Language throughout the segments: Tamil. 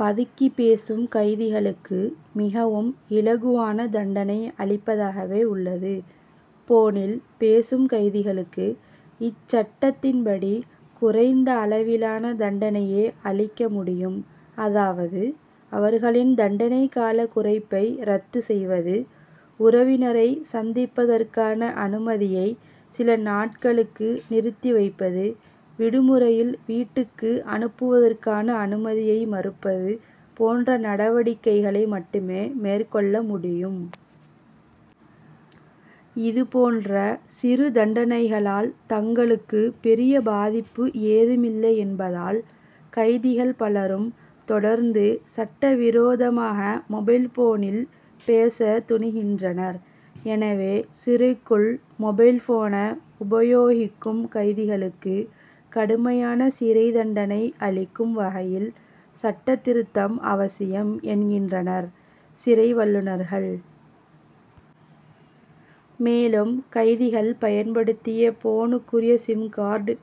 பதுக்கி பேசும் கைதிகளுக்கு, மிகவும் இலகுவான தண்டனை அளிப்பதாகவே உள்ளது. போனில் பேசும் கைதிகளுக்கு இச்சட்டத்தின்படி குறைந்த அளவிலான தண்டனையே அளிக்க முடியும். அதாவது, அவர்களின் தண்டனை கால குறைப்பை ரத்து செய்வது; உறவினரை சந்திப்பதற்கான அனுமதியை சில நாட்களுக்கு நிறுத்தி வைப்பது; விடுமுறையில் வீட்டுக்கு அனுப்புவதற்கான அனுமதியை மறுப்பது போன்ற நடவடிக்கைகளை மட்டுமே மேற் கொள்ள முடியும். இது போன்ற சிறு தண்டனைகளால் தங்களுக்கு பெரிய பாதிப்பு ஏதுமில்லை என்பதால், கைதிகள் பலரும் தொடர்ந்து சட்டவிரோதமாக மொபைல் போனில் பேச துணிகின்றனர். எனவே, சிறைக்குள் மொபைல் போன் உபயோகிக்கும் கைதிகளுக்கு கடுமையான சிறை தண்டனை அளிக்கும் வகையில் சட்டத்திருத்தம் அவசியம், என்கின்றனர், சிறை வல்லுனர்கள். மேலும், கைதிகள் பயன்படுத்திய போனுக்குரிய சிம்கார்டு'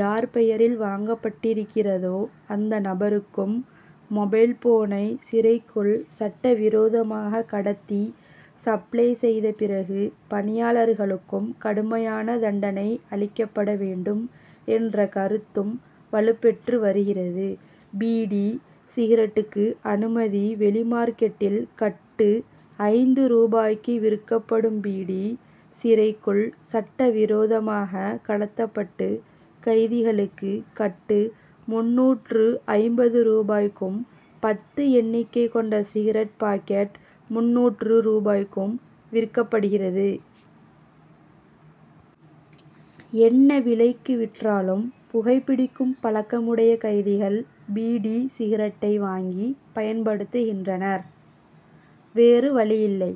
யார் பெயரில் வாங்கப்பட்டிருக்கிறதோ அந்த நபருக்கும், மொபைல் போனை சிறைக்குள் சட்டவிரோதமாக கடத்தி சப்ளை செய்த சிறை பணியாளர்களுக்கும் கடுமையான தண்டனை அளிக்கப்பட வேண்டும், என்ற கருத்தும் வலுப்பெற்று வருகிறது. பீடி, சிகரெட்டுக்கு அனுமதி வெளிமார்க்கெட்டில் கட்டு ஐந்து ரூபாய்க்கு விற்கப்படும் பீடி, சிறைக்குள் சட்ட விரோதமாக கடத்தப்பட்டு கைதிகளுக்கு கட்டு முன்னூற்று ஐம்பது ரூபாய்க்கும், பத்து எண்ணிக்கை கொண்ட சிகரெட் பாக்கெட் முன்னூறு ரூபாய்க்கும் விற்கப்படுகிறது. என்ன விலைக்கு விற்றாலும், புகைபிடிக்கும் பழக்கமுடைய கைதிகள் பீடி, சிகரெட்டை வாங்கி பயன்படுத்துகின்றனர், வேறு வழியில்லை.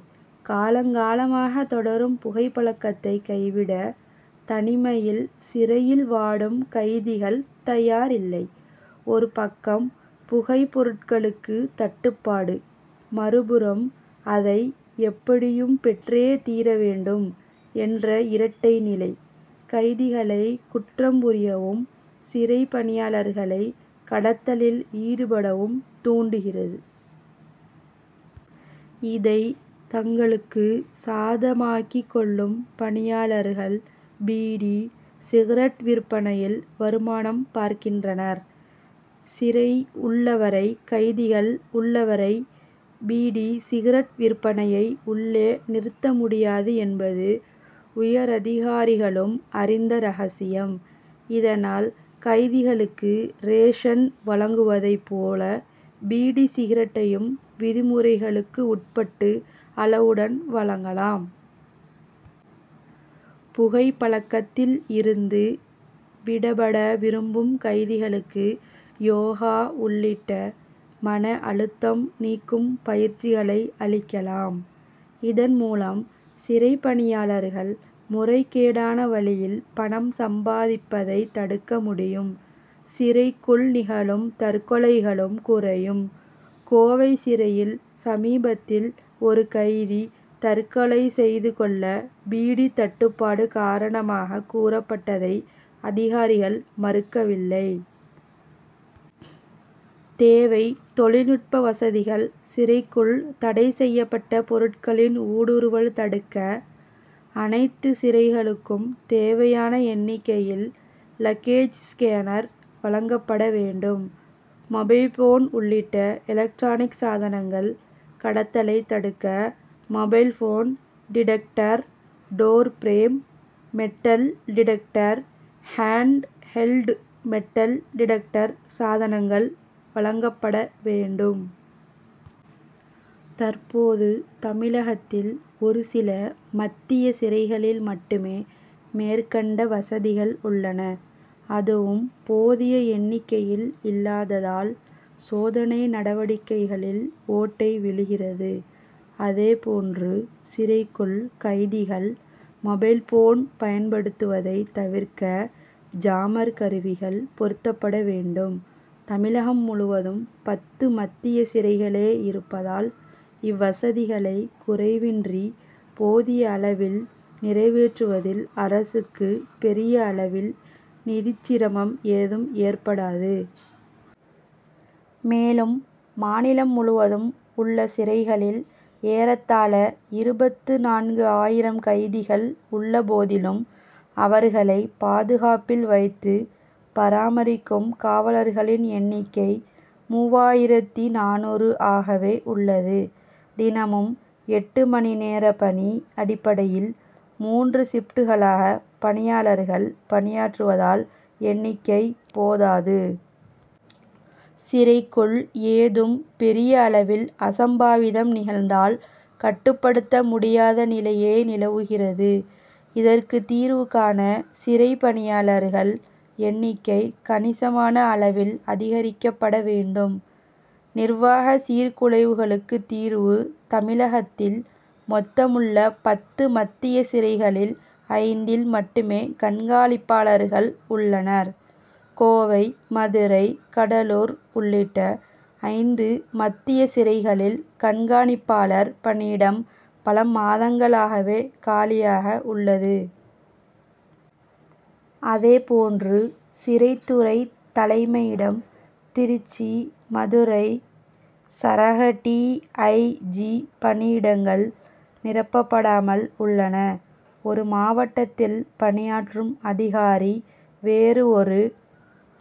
காலங்காலமாக தொடரும் புகை பழக்கத்தை கைவிட, தனிமையில் சிறையில் வாடும் கைதிகள் தயாரில்லை. ஒரு பக்கம் புகை பொருட்களுக்கு தட்டுப்பாடு, மறுபுறம் அதை எப்படியும் பெற்றே தீரவேண்டும்' என்ற இரட்டை நிலை, கைதிகளை குற்றம்புரியவும், சிறை பணியாளர்களை கடத்தலில் ஈடுபடவும் தூண்டுகிறது. இதை தங்களுக்கு சாதமாக்கிக் கொள்ளும் பணியாளர்கள், பீடி, சிகரெட் விற்பனையில் வருமானம் பார்க்கின்றனர். சிறை உள்ளவரை, கைதிகள் உள்ளவரை பீடி, சிகரெட் விற்பனையை உள்ளே' நிறுத்த முடியாது என்பது, உயரதிகாரிகளும் அறிந்த ரகசியம். இதனால், கைதிகளுக்கு ரேஷன் வழங்குவதை போல பீடி, சிகரெட்டையும் விதிமுறைகளுக்கு உட்பட்டு அளவுடன் வழங்கலாம். புகை பழக்கத்தில் இருந்து விடபட விரும்பும் கைதிகளுக்கு யோகா உள்ளிட்ட மன அழுத்தம் நீக்கும் பயிற்சிகளை அளிக்கலாம். இதன் மூலம், சிறை பணியாளர்கள் முறைகேடான வழியில் பணம் சம்பாதிப்பதை தடுக்க முடியும். சிறைக்குள் நிகழும் தற்கொலைகளும் குறையும். கோவை சிறையில் சமீபத்தில் ஒரு கைதி தற்கொலை செய்து கொள்ள பீடி தட்டுப்பாடு' காரணமாக கூறப்பட்டதை, அதிகாரிகள் மறுக்கவில்லை. தேவை தொழில்நுட்ப வசதிகள் சிறைக்குள் தடை செய்யப்பட்ட பொருட்களின் ஊடுருவல் தடுக்க அனைத்து சிறைகளுக்கும் தேவையான எண்ணிக்கையில் லக்கேஜ் ஸ்கேனர்' வழங்கப்பட வேண்டும். மொபைல் போன் உள்ளிட்ட எலக்ட்ரானிக் சாதனங்கள் கடத்தலை தடுக்க mobile phone detector' door frame metal detector' hand held metal detector' சாதனங்கள் வழங்கப்பட வேண்டும். தற்போது, தமிழகத்தில் ஒரு சில மத்திய சிறைகளில் மட்டுமே மேற்கண்ட வசதிகள் உள்ளன, அதுவும் போதிய எண்ணிக்கையில் இல்லாததால், சோத னை நடவடிக்கைகளில் ஓட்டை விழுகிறது. அதே போன்று சிறைக்குள், கைதிகள் மொபைல் போன் பயன்படுத்துவதை தவிர்க்க ஜாமர்' கருவிகள் பொருத்தப்பட வேண்டும். தமிழகம் முழுவதும் பத்து மத்திய சிறைகளே இருப்பதால், இவ்வசதிகளை குறைவின்றி போதிய அளவில் நிறைவேற்றுவதில் அரசுக்கு பெரிய அளவில் நிதிச்சிரமம் ஏதும் ஏற்படாது. மேலும், மாநிலம் முழுவதும் உள்ள சிறைகளில் ஏறத்தாழ இருபத்து நான்கு ஆயிரம் கைதிகள் உள்ள போதிலும், அவர்களை பாதுகாப்பில் வைத்து பராமரிக்கும் காவலர்களின் எண்ணிக்கை மூவாயிரத்து நானூறு ஆகவே உள்ளது. தினமும் எட்டு மணி நேர பணி' அடிப்படையில் மூன்று ஷிப்ட்களாக பணியாளர்கள் பணியாற்றுவதால் எண்ணிக்கை போதாது. சிறைக்குள் ஏதும் பெரிய அளவில் அசம்பாவிதம் நிகழ்ந்தால் கட்டுப்படுத்த முடியாத நிலையே நிலவுகிறது. இதற்கு தீர்வு காண, சிறை பணியாளர் எண்ணிக்கை கணிசமான அளவில் அதிகரிக்கப்பட வேண்டும். நிர்வாக சீர்குலைவுகளுக்கு தீர்வு தமிழகத்தில் மொத்தமுள்ள பத்து மத்திய சிறைகளில், ஐந்தில் மட்டுமே கண்காணிப்பாளர்கள் உள்ளனர். கோவை, மதுரை, கடலூர் உள்ளிட்ட ஐந்து மத்திய சிறைகளில் கண்காணிப்பாளர் பணியிடம் பல மாதங்களாகவே காலியாக உள்ளது. அதே போன்று, சிறைத்துறை தலைமையிடம், திருச்சி, மதுரை சரக டி. ஐ. ஜி., பணியிடங்களும் நிரப்பப்படாமல் உள்ளன. ஒரு மாவட்டத்தில் பணியாற்றும் அதிகாரி, வேறு ஒரு